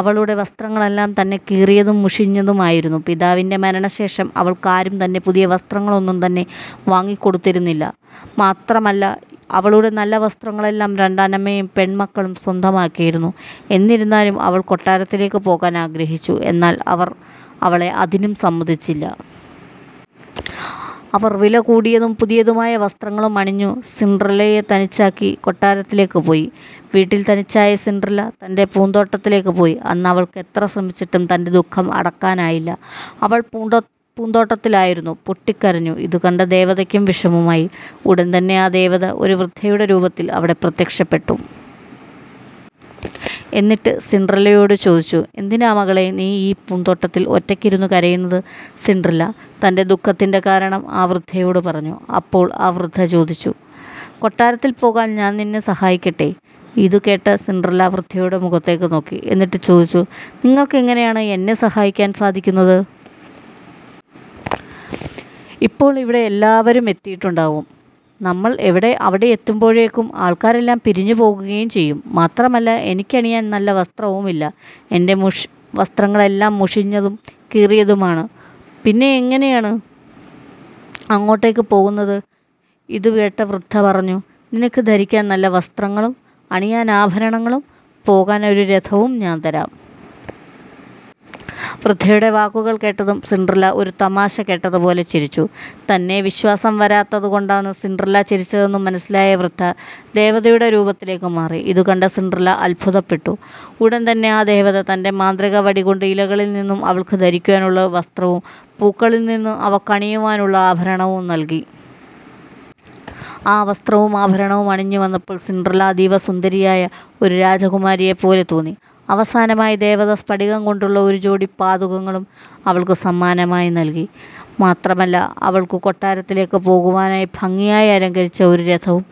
അവളുടെ വസ്ത്രങ്ങളെല്ലാം തന്നെ കീറിയതും മുഷിഞ്ഞതും ആയിരുന്നു. പിതാവിന്റെ മരണശേഷം അവൾക്കു ആരും തന്നെ പുതിയ വസ്ത്രങ്ങളൊന്നും തന്നെ വാങ്ങി കൊടുത്തിരുന്നില്ല. മാത്രമല്ല അവളുടെ നല്ല വസ്ത്രങ്ങളെല്ലാം രണ്ടാനമ്മയും പെൺമക്കളും സ്വന്തമാക്കിയിരുന്നു. എന്നിരുന്നാലും അവൾ കൊട്ടാരത്തിലേക്കു പോകാൻ ആഗ്രഹിച്ചു. എന്നാൽ അവർ അവളെ അതിനു സമ്മതിച്ചില്ല. അവർ വിലകൂടിയതും പുതിയതുമായ വസ്ത്രങ്ങളും അണിഞ്ഞു സിൻഡ്രല്ലയെ തനിച്ചാക്കി കൊട്ടാരത്തിലേക്കു പോയി. വീട്ടിൽ തനിച്ചായ സിൻഡ്രല്ല തന്റെ പൂന്തോട്ടത്തിലേക്ക് പോയി. അന്ന് അവൾക്ക് എത്ര ശ്രമിച്ചിട്ടും തന്റെ ദുഃഖം അടക്കാനായില്ല. അവൾ പൂന്തോട്ടത്തിലിരുന്നു പൊട്ടിക്കരഞ്ഞു. ഇതു കണ്ട ദേവതയ്ക്കും വിഷമമായി. ഉടൻതന്നെ ആ ദേവത ഒരു വൃദ്ധയുടെ രൂപത്തിൽ അവിടെ പ്രത്യക്ഷപ്പെട്ടു. എന്നിട്ട് സിൻഡ്രല്ലയോട് ചോദിച്ചു "എന്തിനാ മകളെ നീ ഈ പൂന്തോട്ടത്തിൽ ഒറ്റയ്ക്കിരുന്നു കരയുന്നത്? " സിൻഡ്രല്ല തന്റെ ദുഖത്തിന്റെ കാരണം ആ വൃദ്ധയോട് പറഞ്ഞു. അപ്പോൾ വൃദ്ധ ചോദിച്ചു "കൊട്ടാരത്തിൽ പോകാൻ ഞാൻ നിന്നെ സഹായിക്കട്ടെ. " ഇതുകേട്ട സിൻഡ്രല്ല വൃദ്ധയുടെ മുഖത്തേക്ക് നോക്കി. എന്നിട്ട് ചോദിച്ചു "നിങ്ങൾക്ക് എങ്ങനെയാണ് എന്നെ സഹായിക്കാൻ സാധിക്കുന്നത്? ഇപ്പോൾ അവിടെ എല്ലാവരും എത്തിയിട്ടുണ്ടാകും. നമ്മൾ അവിടെ എത്തുമ്പോഴേക്കും ആൾക്കാരെല്ലാം പിരിഞ്ഞു പോകുകയും ചെയ്യും. മാത്രമല്ല എനിക്ക് അണിയാൻ നല്ല വസ്ത്രവും ഇല്ല. എന്റെ വസ്ത്രങ്ങളെല്ലാം മുഷിഞ്ഞതും കീറിയതുമാണ്. പിന്നെ എങ്ങനെയാണ് അങ്ങോട്ടേക്ക് പോകുന്നത്? " ഇതുകേട്ട വൃദ്ധ പറഞ്ഞു "നിനക്ക് ധരിക്കാൻ നല്ല വസ്ത്രങ്ങളും അണിയാൻ ആഭരണങ്ങളും പോകാൻ ഒരു രഥവും ഞാൻ തരാം. " വൃദ്ധയുടെ വാക്കുകൾ കേട്ടതും സിൻഡ്രല്ല ഒരു തമാശ കേട്ടതു പോലെ ചിരിച്ചു. തന്നെ വിശ്വാസം വരാത്തത് കൊണ്ടാണ് സിൻഡ്രല്ല ചിരിച്ചതെന്നു മനസ്സിലായ വൃദ്ധ ദേവതയുടെ രൂപത്തിലേക്ക് മാറി. ഇതുകണ്ട സിൻഡ്രല്ല അത്ഭുതപ്പെട്ടു. ഉടൻ തന്നെ ആ ദേവത തന്റെ മാന്ത്രിക വടി കൊണ്ട് ഇലകളിൽ നിന്നും അവൾക്കു ധരിക്കുവാനുള്ള വസ്ത്രവും പൂക്കളിൽനിന്ന് അവൾക്ക് അണിയുവാനുള്ള ആഭരണങ്ങളും നൽകി. ആ വസ്ത്രവും ആഭരണവും അണിഞ്ഞു വന്നപ്പോൾ സിൻഡ്രല്ല അതീവ സുന്ദരിയായ ഒരു രാജകുമാരിയെ പോലെ തോന്നി. അവസാനമായി ദേവത സ്ഫടികം കൊണ്ടുള്ള ഒരു ജോടി പാദുകങ്ങളും അവൾക്കു സമ്മാനമായി നൽകി. മാത്രമല്ല അവൾക്കു കൊട്ടാരത്തിലേക്കു പോകുവാനായി ഭംഗിയായി അലങ്കരിച്ച ഒരു രഥവും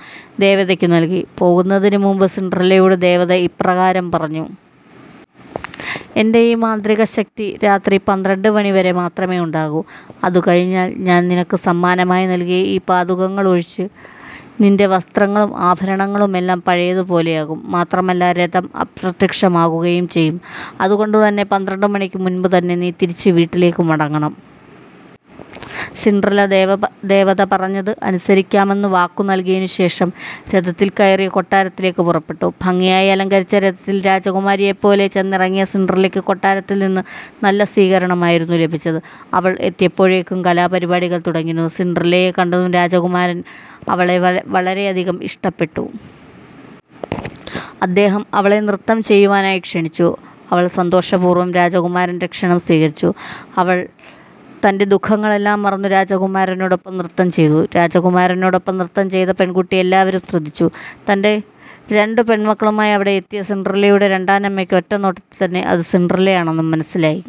ദേവത നൽകി. പോകുന്നതിനു മുൻപ് സിൻഡ്രല്ലയോട് ദേവത ഇപ്രകാരം പറഞ്ഞു. "എന്റെ ഈ മാന്ത്രിക ശക്തി രാത്രി പന്ത്രണ്ടു മണി വരെ മാത്രമേ ഉണ്ടാകൂ. അതു കഴിഞ്ഞാൽ ഞാൻ നിനക്ക് സമ്മാനമായി നൽകിയ ഈ പാദുകങ്ങൾ ഒഴിച്ച് നിന്റെ വസ്ത്രങ്ങളും ആഭരണങ്ങളുമെല്ലാം പഴയതു പോലെ ആകും. മാത്രമല്ല രഥം അപ്രത്യക്ഷമാകുകയും ചെയ്യും. അതുകൊണ്ടു തന്നെ പന്ത്രണ്ടു മണിക്ക് മുൻപ് തന്നെ തിരിച്ചു വീട്ടിലേക്കു മടങ്ങണം. " സിൻഡ്രല്ല ദേവത പറഞ്ഞത് അനുസരിക്കാമെന്നു വാക്ക് നൽകിയതിനു ശേഷം രഥത്തിൽ കയറി കൊട്ടാരത്തിലേക്കു പുറപ്പെട്ടു. ഭംഗിയായി അലങ്കരിച്ച രഥത്തിൽ രാജകുമാരിയെ പോലെ ചെന്നിറങ്ങിയ സിൻഡ്രല്ലയ്ക്ക് കൊട്ടാരത്തിൽ നിന്ന് നല്ല സ്വീകരണം ആയിരുന്നു ലഭിച്ചത്. അവൾ എത്തിയപ്പോഴേക്കും കലാപരിപാടികൾ തുടങ്ങിയിരുന്നു. സിൻഡ്രല്ലയെ കണ്ടതും രാജകുമാരനു അവളെ വളരെയധികം ഇഷ്ടപ്പെട്ടു. അദ്ദേഹം അവളെ നൃത്തം ചെയ്യുവാനായി ക്ഷണിച്ചു. അവൾ സന്തോഷപൂർവം രാജകുമാരന്റെ ക്ഷണം സ്വീകരിച്ചു. അങ്ങനെ അവൾ തന്റെ ദുഖങ്ങളെല്ലാം മറന്നു രാജകുമാരനോടൊപ്പം നൃത്തം ചെയ്തു. രാജകുമാരനോടൊപ്പം നൃത്തം ചെയ്ത പെൺകുട്ടിയെ എല്ലാവരും ശ്രദ്ധിച്ചു. തന്റെ രണ്ടു പെണ്മക്കളുമായി അവിടെ എത്തിയ സിൻഡ്രല്ലയുടെ രണ്ടാനമ്മയ്ക്ക് ഒറ്റ നോട്ടത്തിൽ തന്നെ അത് സിൻഡ്രല്ലയാണെന്നു മനസ്സിലായി.